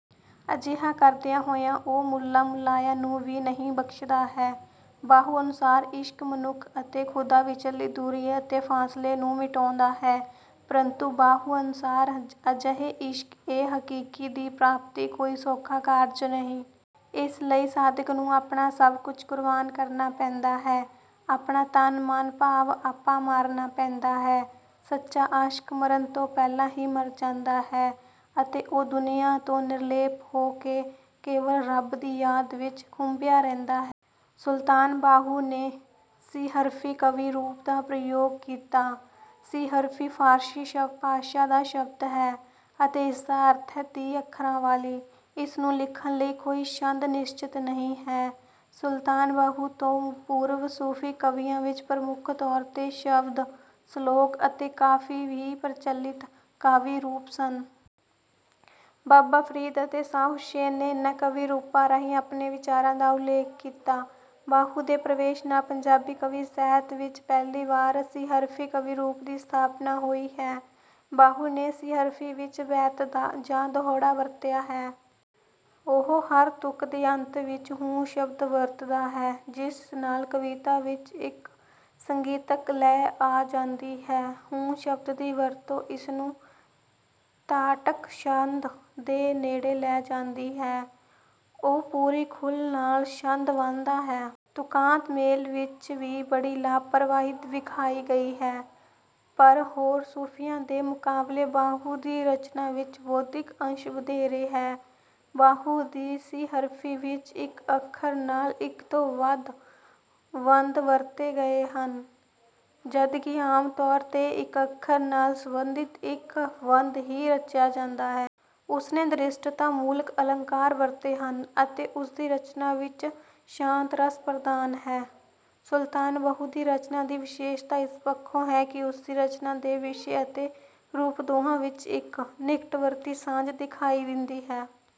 ਅਜਿਹਾ ਕਰਦਿਆਂ ਹੋਇਆ ਉਹ ਮੁੱਲਾ ਮੁਲਇਆ ਨੂੰ ਵੀ ਨਹੀਂ ਬਖਸ਼ਦਾ ਹੈ। ਬਾਹੂ ਅਨੁਸਾਰ ਇਸ਼ਕ ਮਨੁੱਖ ਅਤੇ ਖੁਦਾ ਵਿਚਲੀ ਦੂਰੀ ਅਤੇ ਫਾਸਲੇ ਨੂੰ ਮਿਟਾਉਂਦਾ ਹੈ। ਪਰੰਤੂ ਬਾਹੂ ਅਨੁਸਾਰ ਅਜਿਹੇ ਇਸ਼ਕ-ਏ-ਹਕੀਕੀ ਦੀ ਪ੍ਰਾਪਤੀ ਕੋਈ ਸੌਖਾ ਕਾਰਜ ਨਹੀਂ। ਇਸ ਲਈ ਸਾਧਕ ਨੂੰ ਆਪਣਾ ਸਭ ਕੁਝ ਕੁਰਬਾਨ ਕਰਨਾ ਪੈਂਦਾ ਹੈ, ਆਪਣਾ ਤਨ-ਮਨ ਭਾਵ ਆਪਾ ਮਾਰਨਾ ਪੈਂਦਾ ਹੈ। ਸੱਚਾ ਆਸ਼ਕ ਮਰਨ ਤੋਂ ਪਹਿਲਾਂ ਹੀ ਮਰ ਜਾਂਦਾ ਹੈ ਅਤੇ ਉਹ ਦੁਨੀਆ ਤੋਂ ਨਿਰਲੇਪ ਹੋ ਕੇ ਕੇਵਲ ਰੱਬ ਦੀ ਯਾਦ ਵਿੱਚ ਖੁੱਭਿਆ ਰਹਿੰਦਾ ਹੈ। ਸੁਲਤਾਨ ਬਾਹੂ ਨੇ 'ਸੀਹਰਫ਼ੀ' ਕਾਵਿ-ਰੂਪ ਦਾ ਪ੍ਰਯੋਗ ਕੀਤਾ। 'ਸੀਹਰਫ਼ੀ' ਫ਼ਾਰਸੀ ਭਾਸ਼ਾ ਦਾ ਸ਼ਬਦ ਹੈ ਅਤੇ ਇਸਦਾ ਅਰਥ ਹੈ 'ਤੀਹ ਅੱਖਰਾਂ ਵਾਲੀ'। ਇਸਨੂੰ ਲਿਖਣ ਲਈ ਕੋਈ ਛੰਦ ਨਿਸ਼ਚਿਤ ਨਹੀਂ ਹੈ। ਸੁਲਤਾਨ ਬਾਹੂ ਤੋਂ ਪੂਰਵ ਸੂਫੀ ਕਵੀਆਂ ਵਿੱਚ ਪ੍ਰਮੁੱਖ ਤੌਰ 'ਤੇ ਸ਼ਬਦ, ਸ਼ਲੋਕ ਅਤੇ ਕਾਫ਼ੀ ਹੀ ਪ੍ਰਚਲਿਤ ਕਾਵਿ-ਰੂਪ ਸਨ। ਬਾਬਾ ਫ਼ਰੀਦ ਅਤੇ ਸ਼ਾਹ ਹੁਸੈਨ ਨੇ ਇਨ੍ਹਾਂ ਕਾਵਿ ਰੂਪਾਂ ਰਾਹੀਂ ਆਪਣੇ ਵਿਚਾਰਾਂ ਦਾ ਉਲੇਖ ਕੀਤਾ। ਬਾਹੂ ਦੇ ਪ੍ਰਵੇਸ਼ ਨਾਲ ਪੰਜਾਬੀ ਕਾਵਿ ਸਾਹਿਤ ਵਿੱਚ ਪਹਿਲੀ ਵਾਰ 'ਸੀਹਰਫ਼ੀ' ਕਾਵਿ ਰੂਪ ਦੀ ਸਥਾਪਨਾ ਹੋਈ ਹੈ। ਬਾਹੂ ਨੇ 'ਸੀਹਰਫ਼ੀ' ਵਿੱਚ ਬੈਂਤ ਜਾਂ ਦੋਹੜਾ ਵਰਤਿਆ ਹੈ। ਉਹ ਹਰ ਤੁਕ ਦੇ ਅੰਤ ਵਿੱਚ 'ਹੂ' ਸ਼ਬਦ ਵਰਤਦਾ ਹੈ, ਜਿਸ ਨਾਲ ਕਵਿਤਾ ਵਿੱਚ ਇੱਕ ਸੰਗੀਤਕ ਲੈ ਆ ਜਾਂਦੀ ਹੈ। 'ਹੂ' ਸ਼ਬਦ ਦੀ ਵਰਤੋਂ ਇਸਨੂੰ 'ਤਾਟਕ' ਛੰਦ ਦੇ ਨੇੜੇ ਲੈ ਜਾਂਦੀ ਹੈ। ਉਹ ਪੂਰੀ ਖੁੱਲ੍ਹ ਨਾਲ ਛੰਦ ਬੰਨ੍ਹਦਾ ਹੈ। ਤੁਕਾਂਤ ਮੇਲ ਵਿੱਚ ਵੀ ਬੜੀ ਲਾਪਰਵਾਹੀ ਵਿਖਾਈ ਗਈ ਹੈ। ਪਰ ਹੋਰ ਸੂਫ਼ੀਆਂ ਦੇ ਮੁਕਾਬਲੇ ਬਾਹੂ ਦੀ ਰਚਨਾ ਵਿੱਚ ਬੌਧਿਕ ਅੰਸ਼ ਵਧੇਰੇ ਹੈ। ਬਾਹੂ ਦੀ 'ਸੀਹਰਫ਼ੀ' ਵਿੱਚ ਇੱਕ ਅੱਖਰ ਨਾਲ ਇੱਕ ਤੋਂ ਵੱਧ ਬੰਦ ਵਰਤੇ ਗਏ ਹਨ, ਜਦ ਕਿ ਆਮ ਤੌਰ 'ਤੇ ਇੱਕ ਅੱਖਰ ਨਾਲ ਸੰਬੰਧਿਤ ਇੱਕ ਬੰਦ ਹੀ ਰਚਿਆ ਜਾਂਦਾ ਹੈ। ਉਸਨੇ ਸਦ੍ਰਿਸ਼ਤਾ-ਮੂਲਕ ਅਲੰਕਾਰ ਵਰਤੇ ਹਨ ਅਤੇ ਉਸਦੀ ਰਚਨਾ ਵਿੱਚ ਸ਼ਾਂਤ ਰਸ ਪ੍ਰਧਾਨ ਹੈ। ਸੁਲਤਾਨ ਬਾਹੂ ਦੀ ਰਚਨਾ ਦੀ ਵਿਸ਼ੇਸ਼ਤਾ ਇਸ ਪੱਖੋਂ ਹੈ ਕਿ ਉਸ ਦੀ ਰਚਨਾ ਦੇ ਵਿਸ਼ੇ ਅਤੇ ਰੂਪ ਦੋਹਾਂ ਵਿੱਚ ਇੱਕ ਨਿਕਟਵਰਤੀ ਸਾਂਝ ਦਿਖਾਈ ਦਿੰਦੀ ਹੈ।